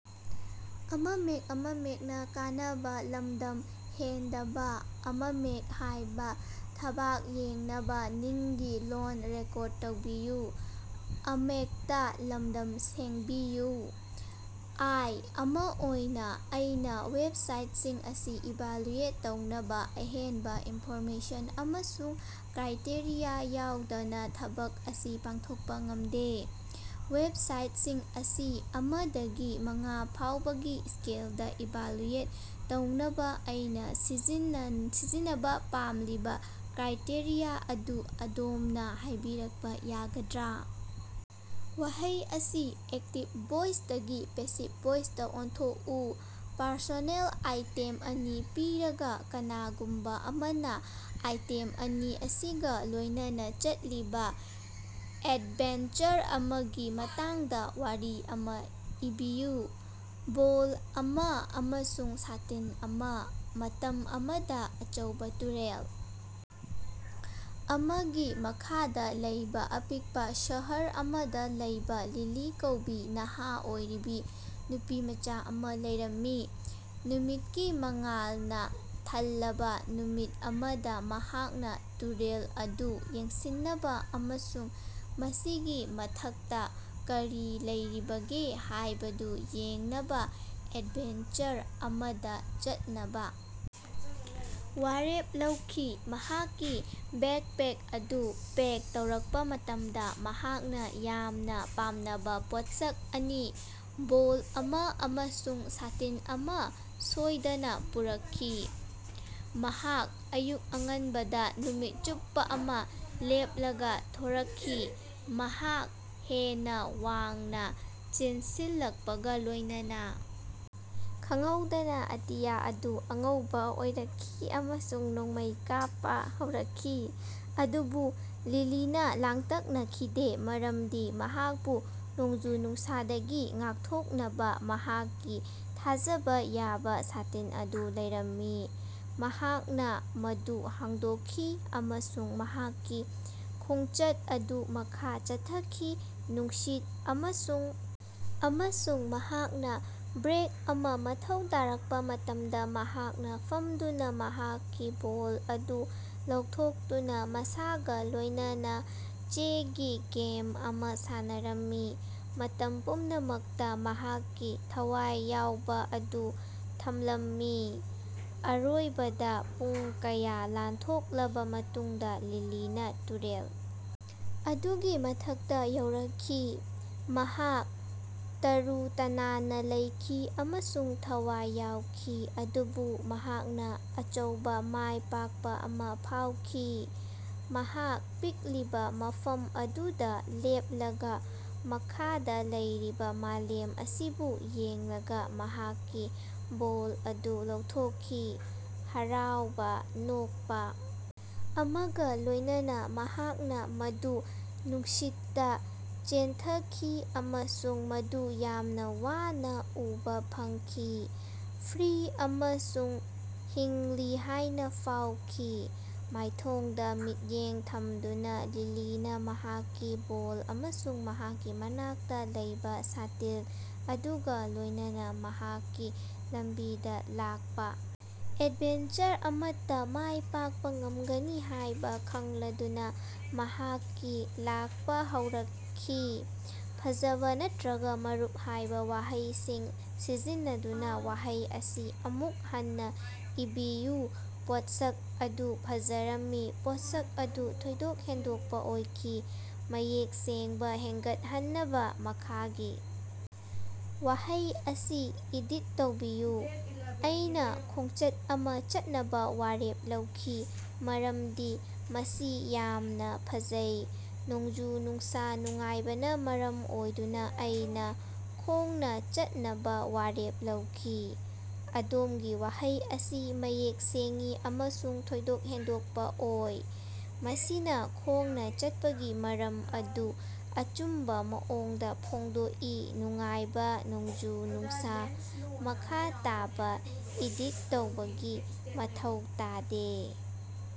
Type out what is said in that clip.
ꯑꯥꯏ. ꯑꯃ ꯑꯣꯏꯅ ꯑꯩꯅ ꯋꯦꯕꯁꯥꯏꯠꯁꯤꯡ ꯑꯁꯤ ꯏꯚꯥꯂꯨꯑꯦꯠ ꯇꯧꯅꯕ ꯑꯍꯦꯟꯕ ꯏꯟꯐꯣꯔꯃꯦꯁꯟ ꯑꯃꯁꯨꯡ ꯀ꯭ꯔꯥꯏꯇꯦꯔꯤꯌꯥ ꯌꯥꯎꯗꯅ ꯊꯕꯛ ꯑꯁꯤ ꯄꯥꯡꯊꯣꯛꯄ ꯉꯝꯗꯦ꯫ ꯋꯦꯕꯁꯥꯏꯠꯁꯤꯡ ꯑꯁꯤ ꯑꯃ ꯗꯒꯤ ꯃꯉꯥ ꯐꯥꯎꯕꯒꯤ ꯁ꯭ꯀꯦꯜꯗꯥ ꯏꯚꯥꯂꯨꯑꯦꯠ ꯇꯧꯅꯕꯥ ꯑꯩꯅ ꯁꯤꯖꯤꯟꯅꯕꯥ ꯄꯥꯝꯂꯤꯕ ꯀ꯭ꯔꯥꯏꯇꯦꯔꯤꯌꯥ ꯑꯗꯨ ꯑꯗꯣꯝꯅꯥ ꯍꯥꯏꯕꯤꯔꯛꯄ ꯌꯥꯒꯗ꯭ꯔ? ꯋꯥꯍꯩ ꯑꯁꯤ ꯑꯦꯛꯇꯤꯕ ꯚꯣꯏꯁꯇꯒꯤ ꯄꯦꯁꯤꯕ ꯚꯣꯏꯁꯇꯥ ꯑꯣꯟꯊꯣꯛꯎ. ꯄꯔꯁꯣꯅꯦꯜ ꯑꯥꯏꯇꯦꯝ ꯑꯅꯤ ꯄꯤꯔꯒꯥ, ꯀꯅꯥꯒꯨꯝꯕꯥ ꯑꯃꯅꯥ ꯑꯥꯏꯇꯦꯝ ꯑꯅꯤ ꯑꯁꯤꯒꯥ ꯂꯣꯏꯅꯅꯥ ꯆꯠꯂꯤꯕꯥ ꯑꯦꯗꯚꯦꯟꯆꯔ ꯑꯃꯒꯤ ꯃꯇꯥꯡꯗ ꯋꯥꯔꯤ ꯑꯃꯥ ꯏꯕꯤꯌꯨ꯫ ꯕꯣꯜ ꯑꯃ ꯑꯃꯁꯨꯡ ꯁꯥꯇꯤꯟ ꯑꯃ꯫ ꯃꯇꯝ ꯑꯃꯗ ꯑꯆꯧꯕ ꯇꯨꯔꯦꯜ ꯑꯃꯒꯤ ꯃꯈꯥꯗ ꯂꯩꯕ ꯑꯄꯤꯛꯄ ꯁꯍꯔ ꯑꯃꯗ ꯂꯩꯕ ꯂꯤꯂꯤ ꯀꯧꯕ ꯅꯍꯥ ꯑꯣꯏꯔꯤꯕ ꯅꯨꯄꯤꯃꯆꯥ ꯑꯃꯥ ꯂꯩꯔꯝꯃꯤ꯫ ꯅꯨꯃꯤꯠꯀꯤ ꯃꯉꯥꯜꯅ ꯊꯜꯂꯕ ꯅꯨꯃꯤꯠ ꯑꯃꯗ ꯃꯍꯥꯛꯅ ꯇꯨꯔꯦꯜ ꯑꯗꯨ ꯌꯦꯡꯁꯤꯟꯅꯕ ꯑꯃꯁꯨꯡ ꯃꯁꯤꯒꯤ ꯃꯊꯛꯇ ꯀꯔꯤ ꯂꯩꯔꯤꯕꯒꯦ ꯍꯥꯌꯕꯗꯨ ꯌꯦꯡꯅꯕ ꯑꯦꯗꯚꯦꯟꯆꯔ ꯑꯃꯗ ꯆꯠꯅꯕ ꯋꯥꯔꯦꯞ ꯂꯧꯈꯤ꯫ ꯃꯍꯥꯛꯀꯤ ꯕꯦꯛꯄꯦꯛ ꯑꯗꯨ ꯄꯦꯛ ꯇꯧꯔꯛꯄꯥ ꯃꯇꯝꯗꯥ ꯃꯍꯥꯛꯅ ꯌꯥꯝꯅ ꯄꯥꯝꯅꯕ ꯄꯣꯠꯁꯛ ꯑꯅꯤ, ꯕꯣꯜ ꯑꯃ ꯑꯃꯁꯨꯡ ꯁꯥꯇꯤꯟ ꯑꯃ ꯁꯣꯏꯗꯅꯥ ꯄꯨꯔꯛꯈꯤ꯫ ꯃꯍꯥꯛ ꯑꯌꯨꯛ ꯑꯉꯟꯕꯗ ꯅꯨꯃꯤꯠ ꯆꯨꯞꯄꯥ ꯑꯃ ꯂꯦꯞꯂꯒ ꯊꯣꯔꯛꯈꯤ꯫ ꯃꯍꯥꯛ ꯍꯦꯟꯅ ꯋꯥꯡꯅ ꯆꯦꯟꯁꯤꯜꯂꯛꯄꯒꯥ ꯂꯣꯏꯅꯅꯥ ꯈꯪꯍꯧꯗꯅ ꯑꯇꯤꯌꯥ ꯑꯗꯨ ꯑꯉꯧꯕ ꯑꯣꯏꯔꯛꯈꯤ ꯑꯃꯁꯨꯡ ꯅꯣꯡꯃꯩ ꯀꯥꯞꯄ ꯍꯧꯔꯛꯈꯤ꯫ ꯑꯗꯨꯕꯨ ꯂꯤꯂꯤꯅ ꯂꯥꯡꯇꯛꯅꯈꯤꯗꯦ, ꯃꯔꯝꯗꯤ ꯃꯍꯥꯛꯄꯨ ꯅꯣꯡꯖꯨ-ꯅꯨꯡꯁꯥꯗꯒꯤ ꯉꯥꯛꯊꯣꯛꯅꯕ ꯃꯍꯥꯛꯀꯤ ꯊꯥꯖꯕ ꯌꯥꯕ ꯁꯥꯇꯤꯟ ꯑꯗꯨ ꯂꯩꯔꯝꯃꯤ꯫ ꯃꯍꯥꯛꯅ ꯃꯗꯨ ꯍꯥꯡꯗꯣꯛꯈꯤ ꯑꯃꯁꯨꯡ ꯃꯍꯥꯛꯀꯤ ꯈꯣꯉꯆꯠ ꯑꯗꯨ ꯃꯈꯥ ꯆꯠꯊꯈꯤ, ꯅꯨꯡꯁꯤꯠ ꯑꯃꯁꯨꯡ ꯑꯃꯁꯨꯡ ꯃꯍꯥꯛꯅ ꯕ꯭ꯔꯦꯛ ꯑꯃ ꯃꯊꯧ ꯇꯥꯔꯛꯄ ꯃꯇꯝꯗ ꯃꯍꯥꯛꯅ ꯐꯝꯗꯨꯅ ꯃꯍꯥꯛꯀꯤ ꯕꯣꯜ ꯑꯗꯨ ꯂꯧꯊꯣꯛꯇꯨꯅ ꯃꯁꯥꯒ ꯂꯣꯏꯅꯅꯥ ꯆꯦꯒꯤ ꯒꯦꯝ ꯑꯃꯥ ꯁꯥꯟꯅꯔꯝꯃꯤ, ꯃꯇꯝ ꯄꯨꯝꯅꯃꯛꯇ ꯃꯍꯥꯛꯀꯤ ꯊꯋꯥꯏ ꯌꯥꯎꯕ ꯑꯗꯨ ꯊꯝꯂꯝꯃꯤ꯫ ꯑꯔꯣꯏꯕꯗ ꯄꯨꯡ ꯀꯌꯥ ꯂꯥꯟꯊꯣꯛꯂꯕ ꯃꯇꯨꯡꯗ ꯂꯤꯂꯤꯅ ꯇꯨꯔꯦꯜ ꯑꯗꯨꯒꯤ ꯃꯊꯛꯇ ꯌꯧꯔꯛꯈꯤ꯫ ꯃꯍꯥꯛ ꯇꯔꯨ ꯇꯅꯥꯟꯅ ꯂꯩꯈꯤ ꯑꯃꯁꯨꯡ ꯊꯋꯥꯏ ꯌꯥꯎꯈꯤ, ꯑꯗꯨꯕꯨ ꯃꯍꯥꯛꯅ ꯑꯆꯧꯕ ꯃꯥꯏ ꯄꯥꯛꯄ ꯑꯃ ꯐꯥꯎꯈꯤ꯫ ꯃꯍꯥꯛ ꯄꯤꯛꯂꯤꯕ ꯃꯐꯝ ꯑꯗꯨꯗ ꯂꯦꯞꯂꯒ ꯃꯈꯗ ꯂꯩꯔꯤꯕ ꯃꯂꯦꯝ ꯑꯁꯤꯕꯨ ꯌꯦꯡꯂꯒ ꯃꯍꯥꯛꯀꯤ ꯕꯣꯜ ꯑꯗꯨ ꯂꯧꯊꯣꯛꯈꯤ꯫ ꯍꯔꯥꯎꯕ ꯅꯣꯛꯄꯥ ꯑꯃꯒ ꯂꯣꯏꯅꯅꯥ ꯃꯍꯥꯛꯅ ꯃꯗꯨ ꯅꯨꯡꯁꯤꯠꯇ ꯆꯦꯟꯊꯈꯤ ꯑꯃꯁꯨꯡ ꯃꯗꯨ ꯌꯥꯝꯅ ꯋꯥꯅ ꯎꯕꯥ ꯐꯪꯈꯤ, ꯐ꯭ꯔꯤ ꯑꯃꯁꯨꯡ ꯍꯤꯡꯂꯤ ꯍꯥꯏꯅ ꯐꯥꯎꯈꯤ꯫ ꯃꯥꯏꯊꯣꯡꯗ ꯃꯤꯠꯌꯦꯡ ꯊꯝꯗꯨꯅ ꯂꯤꯂꯤꯅ ꯃꯍꯥꯛꯀꯤ ꯕꯣꯜ ꯑꯃꯁꯨꯡ ꯃꯍꯥꯛꯀꯤ ꯃꯅꯥꯛꯇ ꯂꯩꯕ ꯁꯥꯇꯤꯟ ꯑꯗꯨꯒ ꯂꯣꯏꯅꯅꯥ ꯃꯍꯥꯛꯀꯤ ꯂꯝꯕꯤꯗ ꯂꯥꯛꯄ ꯑꯦꯗꯚꯦꯟꯆꯔ ꯑꯃꯠꯇ ꯃꯥꯏ ꯄꯥꯛꯄ ꯉꯝꯒꯅꯤ ꯍꯥꯏꯕ ꯈꯪꯂꯗꯨꯅ ꯃꯍꯥꯛꯀꯤ ꯂꯥꯛꯄ ꯍꯧꯔꯛꯈꯤ꯫ "ꯐꯖꯕꯥ" ꯅꯠꯔꯒꯥ "ꯃꯔꯨꯞ" ꯍꯥꯏꯕ ꯋꯥꯍꯩꯁꯤꯡ ꯁꯤꯖꯤꯟꯅꯗꯅ ꯋꯥꯍꯩ ꯑꯁꯤ ꯑꯃꯨꯛ ꯍꯟꯅ ꯏꯕꯤꯌꯨ꯫ ꯄꯣꯠꯁꯛ ꯑꯗꯨ ꯐꯖꯔꯝꯃꯤ꯫ ꯄꯣꯠꯁꯛ ꯑꯗꯨ ꯊꯣꯏꯗꯣꯛ ꯍꯦꯟꯗꯣꯛꯄ ꯑꯣꯏꯈꯤ꯫ ꯃꯌꯦꯛ ꯁꯦꯡꯕꯥ ꯍꯦꯒꯠꯍꯟꯅꯕ ꯃꯈꯥꯒꯤ ꯋꯥꯍꯩ ꯑꯁꯤ ꯏꯗꯤꯠ ꯇꯧꯕꯤꯌꯨ: ꯑꯩꯅꯥ ꯈꯣꯡꯆꯠ ꯑꯃ ꯆꯠꯅꯕ ꯋꯥꯔꯦꯞ ꯂꯧꯈꯤ ꯃꯔꯝꯗꯤ ꯃꯁꯤ ꯌꯥꯝꯅ ꯐꯖꯩ꯫ ꯅꯣꯡꯖꯨ-ꯅꯨꯡꯁꯥ ꯅꯨꯡꯉꯥꯏꯕꯅ ꯃꯔꯝ ꯑꯣꯏꯗꯨꯅ ꯑꯩꯅ ꯈꯣꯉꯅ ꯆꯠꯅꯕ ꯋꯥꯔꯦꯞ ꯂꯧꯈꯤ꯫ ꯑꯗꯣꯝꯒꯤ ꯋꯥꯍꯩ ꯑꯁꯤ ꯃꯌꯦꯛ ꯁꯦꯡꯏ ꯑꯃꯁꯨꯡ ꯊꯣꯏꯗꯣꯛ ꯍꯦꯟꯗꯣꯛꯄ ꯑꯣꯏ꯫ ꯃꯁꯤꯅ ꯈꯣꯡꯅ ꯆꯠꯄꯒꯤ ꯃꯔꯝ ꯑꯗꯨ ꯑꯆꯨꯝꯕ ꯃꯑꯣꯡꯗ ꯐꯣꯡꯗꯣꯛꯏ ꯅꯨꯡꯉꯥꯏꯕ ꯅꯣꯡꯖꯨ-ꯅꯨꯡꯁꯥ꯫ ꯃꯈꯥ ꯇꯥꯕ ꯏꯗꯤꯠ ꯇꯧꯕꯒꯤ ꯃꯊꯧ ꯇꯥꯗꯦ꯫।